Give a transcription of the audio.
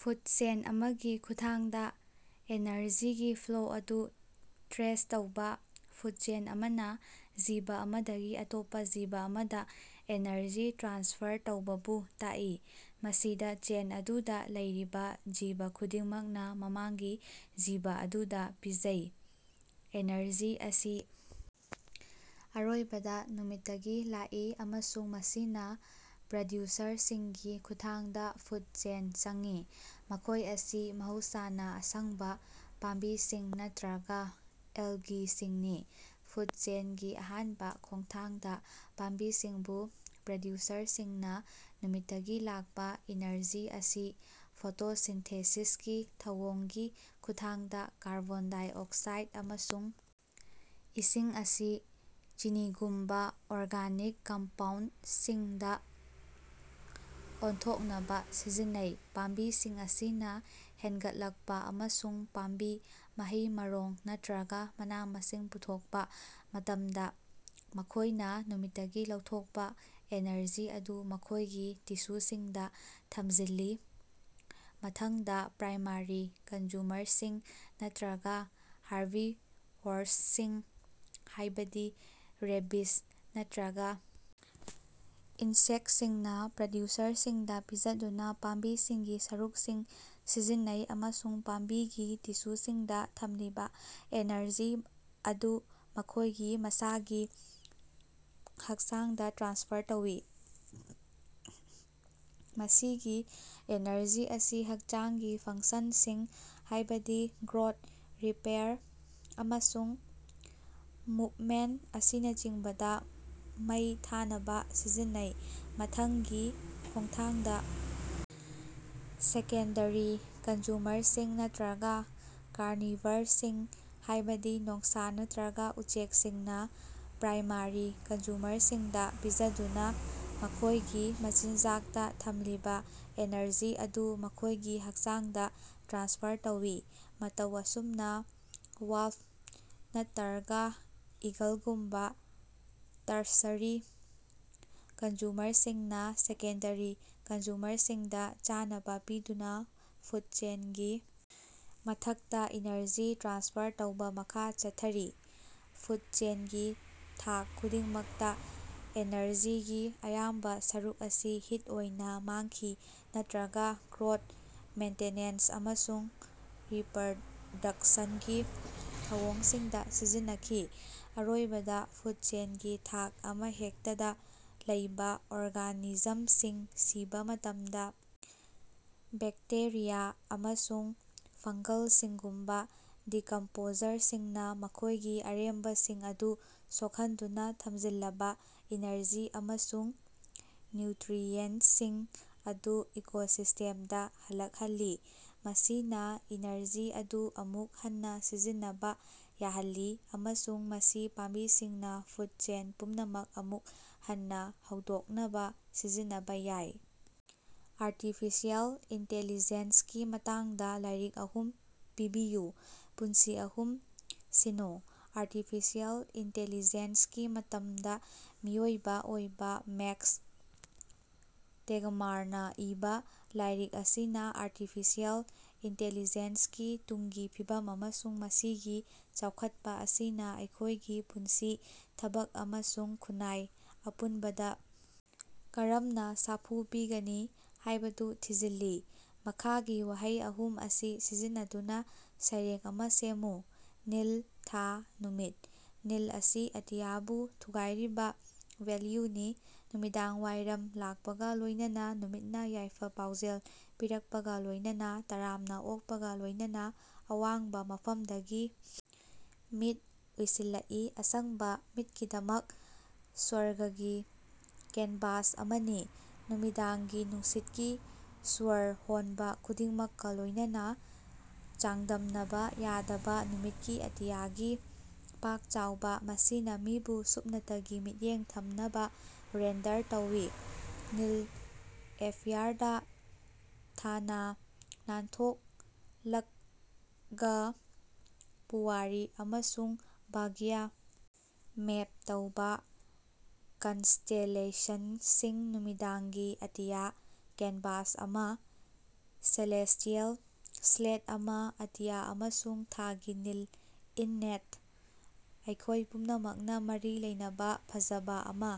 Food chain ꯑꯃꯒꯤ ꯈꯨꯠꯊꯥꯡꯗ ꯑꯦꯅꯔꯖꯤꯒꯤ ꯐ꯭ꯂꯣ ꯑꯗꯨ ꯇ꯭ꯔꯦꯁ ꯇꯧꯕ꯫ ꯐꯨꯗ ꯆꯦꯟ ꯑꯃꯅ ꯖꯤꯕ ꯑꯃꯗꯒꯤ ꯑꯇꯣꯞꯄ ꯖꯤꯕ ꯑꯃꯗ ꯑꯦꯅꯔꯖꯤ ꯇ꯭ꯔꯥꯟꯁꯐꯔ ꯇꯧꯕꯕꯨ ꯇꯥꯛꯏ, ꯃꯁꯤꯗ ꯆꯦꯟ ꯑꯗꯨꯗ ꯂꯩꯔꯤꯕ ꯖꯤꯕ ꯈꯨꯗꯤꯡꯃꯛꯅ ꯃꯃꯥꯡꯒꯤ ꯖꯤꯕ ꯑꯗꯨꯗ ꯄꯤꯖꯩ꯫ ꯑꯦꯅꯔꯖꯤ ꯑꯁꯤ ꯑꯔꯣꯏꯕꯗ ꯅꯨꯃꯤꯠꯇꯒꯤ ꯂꯥꯛꯏ, ꯑꯃꯁꯨꯡ ꯃꯁꯤꯅ ꯄ꯭ꯔꯗ꯭ꯌꯨꯁꯔꯁꯤꯡꯒꯤ ꯈꯨꯠꯊꯥꯡꯗ ꯐꯨꯗ ꯆꯦꯟꯗ ꯆꯪꯏ, ꯃꯈꯣꯏ ꯑꯁꯤ ꯃꯍꯧꯁꯥꯅ ꯑꯁꯪꯕ ꯄꯥꯝꯕꯤꯁꯤꯡ ꯅꯠꯇ꯭ꯔꯒ ꯑꯦꯜꯒꯤꯁꯤꯡꯅꯤ꯫ ꯐꯨꯗ ꯆꯦꯟꯒꯤ ꯑꯍꯥꯟꯕ ꯈꯣꯡꯊꯥꯡꯗ, ꯄꯥꯝꯕꯤꯒꯨꯝꯕ ꯄ꯭ꯔꯗ꯭ꯌꯨꯁꯔꯁꯤꯡꯅ ꯅꯨꯃꯤꯠꯇꯒꯤ ꯂꯥꯛꯄ ꯏꯅꯔꯖꯤ ꯑꯁꯤ ꯐꯣꯇꯣꯁꯤꯟꯊꯦꯁꯤꯁꯀꯤ ꯊꯧꯑꯣꯡꯒꯤ ꯈꯨꯠꯊꯥꯡꯗ ꯀꯥꯔꯕꯣꯟ ꯗꯥꯏꯑꯣꯛꯁꯥꯏꯠ ꯑꯃꯁꯨꯡ ꯏꯁꯤꯡ ꯑꯁꯤ ꯆꯤꯅꯤꯒꯨꯝꯕ ꯑꯣꯔꯒꯥꯅꯤꯛ ꯀꯝꯄꯥꯎꯟꯠꯁꯤꯡꯗ ꯑꯣꯟꯊꯣꯛꯅꯕ ꯁꯤꯖꯤꯟꯅꯩ꯫ ꯄꯥꯝꯕꯤꯁꯤꯡ ꯑꯁꯤꯅ ꯍꯦꯟꯒꯠꯂꯛꯄ ꯑꯃꯁꯨꯡ ꯄꯥꯝꯕꯤ, ꯃꯍꯩ-ꯃꯔꯣꯡ ꯅꯠꯇ꯭ꯔꯒ ꯃꯅꯥ-ꯃꯁꯤꯡ ꯄꯨꯊꯣꯛꯄ ꯃꯇꯝꯗ, ꯃꯈꯣꯏꯅ ꯅꯨꯃꯤꯠꯇꯒꯤ ꯂꯧꯊꯣꯛꯄ ꯑꯦꯅꯔꯖꯤ ꯑꯗꯨ ꯃꯈꯣꯏꯒꯤ ꯇꯤꯁꯨꯁꯤꯡꯗ ꯊꯝꯖꯤꯜꯂꯤ꯫ ꯃꯊꯪꯗ, ꯄ꯭ꯔꯥꯏꯃꯥꯔꯤ ꯀꯟꯖꯨꯃꯔꯁꯤꯡ ꯅꯠꯇ꯭ꯔꯒ ꯍꯥꯔꯕꯤꯑꯣꯔꯁꯤꯡ, ꯍꯥꯏꯕꯗꯤ ꯔꯦꯕꯤꯖ ꯅꯠꯇ꯭ꯔꯒ ꯏꯟꯁꯦꯛꯁꯤꯡꯅ ꯄ꯭ꯔꯗ꯭ꯌꯨꯁꯔꯁꯤꯡꯗ ꯄꯤꯖꯗꯨꯅ, ꯄꯥꯝꯕꯤꯁꯤꯡꯒꯤ ꯁꯔꯨꯛꯁꯤꯡ ꯁꯤꯖꯤꯟꯅꯩ ꯑꯃꯁꯨꯡ ꯄꯥꯝꯕꯤꯒꯤ ꯇꯤꯁꯨꯁꯤꯡꯗ ꯊꯝꯂꯤꯕ ꯑꯦꯅꯔꯖꯤ ꯑꯗꯨ ꯃꯈꯣꯏꯒꯤ ꯃꯁꯥꯒꯤ ꯍꯛꯆꯥꯡꯗ ꯇ꯭ꯔꯥꯟꯁꯐꯔ ꯇꯧꯏ꯫ ꯃꯁꯤꯒꯤ ꯑꯦꯅꯔꯖꯤ ꯑꯁꯤ ꯍꯛꯆꯥꯡꯒꯤ ꯐꯪꯁꯟꯁꯤꯡ ꯍꯥꯏꯕꯗꯤ ꯒ꯭ꯔꯣꯗ, ꯔꯤꯄꯦꯌꯥꯔ ꯑꯃꯁꯨꯡ ꯃꯨꯚꯃꯦꯟ ꯑꯁꯤꯅꯆꯤꯡꯕꯗ ꯃꯩ ꯊꯥꯅꯕ ꯁꯤꯖꯤꯟꯅꯩ꯫ ꯃꯊꯪꯒꯤ ꯈꯣꯡꯊꯥꯡꯗ, ꯁꯦꯀꯦꯟꯗꯔꯤ ꯀꯟꯖꯨꯃꯔꯁꯤꯡ ꯅꯠꯇ꯭ꯔꯒ ꯀꯥꯔꯅꯤꯚꯔꯁꯤꯡ, ꯍꯥꯏꯕꯗꯤ ꯅꯣꯡꯁꯥ ꯅꯠꯇ꯭ꯔꯒ ꯎꯆꯦꯛꯁꯤꯡꯅ ꯄ꯭ꯔꯥꯏꯃꯥꯔꯤ ꯀꯟꯖꯨꯃꯔꯁꯤꯡꯗ ꯄꯤꯖꯗꯨꯅ ꯃꯈꯣꯏꯒꯤ ꯃꯆꯤꯟꯖꯥꯛꯇ ꯊꯝꯂꯤꯕ ꯑꯦꯅꯔꯖꯤ ꯑꯗꯨ ꯃꯈꯣꯏꯒꯤ ꯍꯛꯆꯥꯡꯗ ꯇ꯭ꯔꯥꯟꯁꯐꯔ ꯇꯧꯏ꯫ ꯃꯇꯧ ꯑꯁꯨꯝꯅ, ꯋꯥꯜꯐ ꯅꯠꯇꯔꯒꯥ ꯏꯒꯜꯒꯨꯝꯕ ꯇꯔꯁꯔꯤ ꯀꯟꯖꯨꯃꯔꯁꯤꯡꯅ ꯁꯦꯀꯦꯟꯗꯔꯤ ꯀꯟꯖꯨꯃꯔꯁꯤꯡꯗ ꯆꯥꯅꯕ ꯄꯤꯗꯨꯅ ꯐꯨꯗ ꯆꯦꯟꯒꯤ ꯃꯊꯛꯇ ꯏꯅꯔꯖꯤ ꯇ꯭ꯔꯥꯟꯁꯐꯔ ꯇꯧꯕ ꯃꯈꯥ ꯆꯠꯊꯔꯤ꯫ ꯐꯨꯗ ꯆꯦꯟꯒꯤ ꯊꯥꯛ ꯈꯨꯗꯤꯡꯃꯛꯇ, ꯑꯦꯅꯔꯖꯤꯒꯤ ꯑꯌꯥꯝꯕ ꯁꯔꯨꯛ ꯑꯁꯤ ꯍꯤꯠ ꯑꯣꯏꯅ ꯃꯥꯡꯈꯤ ꯅꯠꯇ꯭ꯔꯒ ꯒ꯭ꯔꯣꯠ, ꯃꯦꯟꯇꯦꯅꯦꯟꯁ ꯑꯃꯁꯨꯡ ꯔꯤꯄꯔꯗꯛꯁꯟꯒꯤ ꯊꯧꯑꯣꯡꯁꯤꯡꯗ ꯁꯤꯖꯤꯟꯅꯈꯤ꯫ ꯑꯔꯣꯏꯕꯗ, ꯐꯨꯗ ꯆꯦꯟꯒꯤ ꯊꯥꯛ ꯑꯃꯍꯦꯛꯇꯗ ꯂꯩꯕ ꯑꯣꯔꯒꯥꯅꯤꯖꯝꯁꯤꯡ ꯁꯤꯕ ꯃꯇꯝꯗ, ꯕꯦꯛꯇꯦꯔꯤꯌꯥ ꯑꯃꯁꯨꯡ ꯐꯪꯒꯜꯁꯤꯡꯒꯨꯝꯕ ꯗꯤꯀꯝꯄꯣꯖꯔꯁꯤꯡꯅ ꯃꯈꯣꯏꯒꯤ ꯑꯔꯦꯝꯕꯁꯤꯡ ꯑꯗꯨ ꯁꯣꯛꯍꯟꯗꯨꯅ ꯊꯝꯖꯤꯜꯂꯕ ꯏꯅꯔꯖꯤ ꯑꯃꯁꯨꯡ ꯅ꯭ꯌꯨꯇ꯭ꯔꯤꯑꯦꯟꯁꯤꯡ ꯑꯗꯨ ꯏꯀꯣꯁꯤꯁ꯭ꯇꯦꯝꯗ ꯍꯜꯂꯛꯍꯜꯂꯤ꯫ ꯃꯁꯤꯅ ꯏꯅꯔꯖꯤ ꯑꯗꯨ ꯑꯃꯨꯛ ꯍꯟꯅ ꯁꯤꯖꯤꯟꯅꯕ ꯌꯥꯍꯜꯂꯤ, ꯑꯃꯁꯨꯡ ꯃꯁꯤ ꯄꯥꯝꯕꯤꯁꯤꯡꯅ ꯐꯨꯗ ꯆꯦꯟ ꯄꯨꯝꯅꯃꯛ ꯑꯃꯨꯛ ꯍꯟꯅ ꯍꯧꯗꯣꯛꯅꯕ ꯁꯤꯖꯤꯟꯅꯕ ꯌꯥꯏ꯫ ꯑꯥꯔꯇꯤꯐꯤꯁꯤꯑꯦꯜ ꯏꯟꯇꯦꯂꯤꯖꯦꯟꯁꯀꯤ ꯃꯇꯥꯡꯗ ꯂꯥꯏꯔꯤꯛ ꯑꯍꯨꯝ ꯄꯤꯕꯤꯌꯨ꯫ ꯄꯨꯟꯁꯤ ꯑꯍꯨꯝ ꯁꯤꯅ‌ꯣ: ꯑꯥꯔꯇꯤꯐꯤꯁꯤꯑꯦꯜ ꯏꯟꯇꯦꯂꯤꯖꯦꯟꯁꯀꯤ ꯃꯇꯝꯗ ꯃꯤꯑꯣꯏꯕ ꯑꯣꯏꯕ ꯃꯦꯛꯁ ꯇꯦꯒꯃꯥꯔꯅ ꯏꯕꯥ: ꯂꯥꯏꯔꯤꯛ ꯑꯁꯤꯅ ꯑꯥꯔꯇꯤꯐꯤꯁꯤꯑꯦꯜ ꯏꯟꯇꯦꯂꯤꯖꯦꯟꯁꯒꯤ ꯇꯨꯡꯒꯤ ꯐꯤꯕꯝ ꯑꯃꯁꯨꯡ ꯃꯁꯤꯒꯤ ꯆꯥꯎꯈꯠꯄ ꯑꯁꯤꯅ ꯑꯩꯈꯣꯏꯒꯤ ꯄꯨꯟꯁꯤ, ꯊꯕꯛ ꯑꯃꯁꯨꯡ ꯈꯨꯟꯅꯥꯏ ꯑꯄꯨꯟꯕꯗ ꯀꯔꯝꯅ ꯁꯥꯐꯨ ꯄꯤꯒꯅꯤ ꯍꯥꯏꯕꯗꯨ ꯊꯤꯖꯤꯜꯂꯤ꯫ ꯃꯈꯥꯒꯤ ꯋꯥꯍꯩ ꯑꯍꯨꯝ ꯑꯁꯤ ꯁꯤꯖꯤꯟꯅꯗꯨꯅ ꯁꯩꯔꯦꯡ ꯑꯃ ꯁꯦꯝꯃꯨ: ꯅꯤꯜ, ꯊꯥ, ꯅꯨꯃꯤꯠ꯫ ꯅꯤꯜ ꯑꯁꯤ ꯑꯇꯤꯌꯥꯕꯨ ꯊꯨꯒꯥꯏꯔꯤꯕ ꯚꯦꯜꯌꯨꯅꯤ, ꯅꯨꯃꯤꯗꯥꯡꯋꯥꯏꯔꯝ ꯂꯥꯛꯄꯒ ꯂꯣꯏꯅꯅ ꯅꯨꯃꯤꯠꯅ ꯌꯥꯏꯐ-ꯄꯥꯎꯖꯦꯜ ꯄꯤꯔꯛꯄꯒ ꯂꯣꯏꯅꯅ, ꯇꯔꯥꯝꯅꯥ ꯑꯣꯛꯄꯒ ꯂꯣꯏꯅꯅ ꯑꯋꯥꯡꯕ ꯃꯐꯝꯗꯒꯤ ꯃꯤꯠ ꯎꯏꯁꯤꯜꯂꯛꯏ, ꯑꯁꯪꯕ ꯃꯤꯠꯀꯤꯗꯃꯛ ꯁ꯭ꯋꯔꯒꯒꯤ ꯀꯦꯟꯚꯥꯁ ꯑꯃꯅꯤ꯫ ꯅꯨꯃꯤꯗꯥꯡꯒꯤ ꯅꯨꯡꯁꯤꯠꯀꯤ ꯁ꯭ꯋꯔ ꯍꯣꯟꯕ ꯈꯨꯗꯤꯡꯃꯛꯀ ꯂꯣꯏꯅꯅ, ꯆꯥꯡꯗꯝꯅꯕ ꯌꯥꯗꯕ ꯅꯨꯃꯤꯠꯀꯤ ꯑꯇꯤꯌꯥꯒꯤ ꯄꯥꯛ ꯆꯥꯎꯕ, ꯃꯁꯤꯅ ꯃꯤꯕꯨ ꯁꯨꯞꯅꯇꯒꯤ ꯃꯤꯠꯌꯦꯡ ꯊꯝꯅꯕ ꯔꯦꯟꯗꯔ ꯇꯧꯏ, ꯅꯤꯜ ꯑꯦꯐꯦꯌꯥꯔꯗ ꯊꯥꯅꯥ ꯅꯥꯟꯊꯣꯛꯂꯛꯒ, ꯄꯨꯋꯥꯔꯤ ꯑꯃꯁꯨꯡ ꯚꯥꯒ꯭ꯌ ꯃꯦꯞ ꯇꯧꯕ ꯀꯟꯁꯇꯦꯂꯦꯁꯟꯁꯤꯡ, ꯅꯨꯃꯤꯗꯥꯡꯒꯤ ꯑꯇꯤꯌꯥ ꯀꯦꯟꯚꯥꯁ ꯑꯃ, ꯁꯦꯂꯦꯁ꯭ꯇꯤꯑꯦꯜ ꯁ꯭ꯂꯦꯠ ꯑꯃ, ꯑꯇꯤꯌꯥ ꯑꯃꯁꯨꯡ ꯊꯥꯒꯤ ꯅꯤꯜ ꯏꯟꯅꯦꯠ, ꯑꯩꯈꯣꯏ ꯄꯨꯝꯅꯃꯛꯅ ꯃꯔꯤ ꯂꯩꯅꯕ ꯐꯖꯕꯥ ꯑꯃ꯫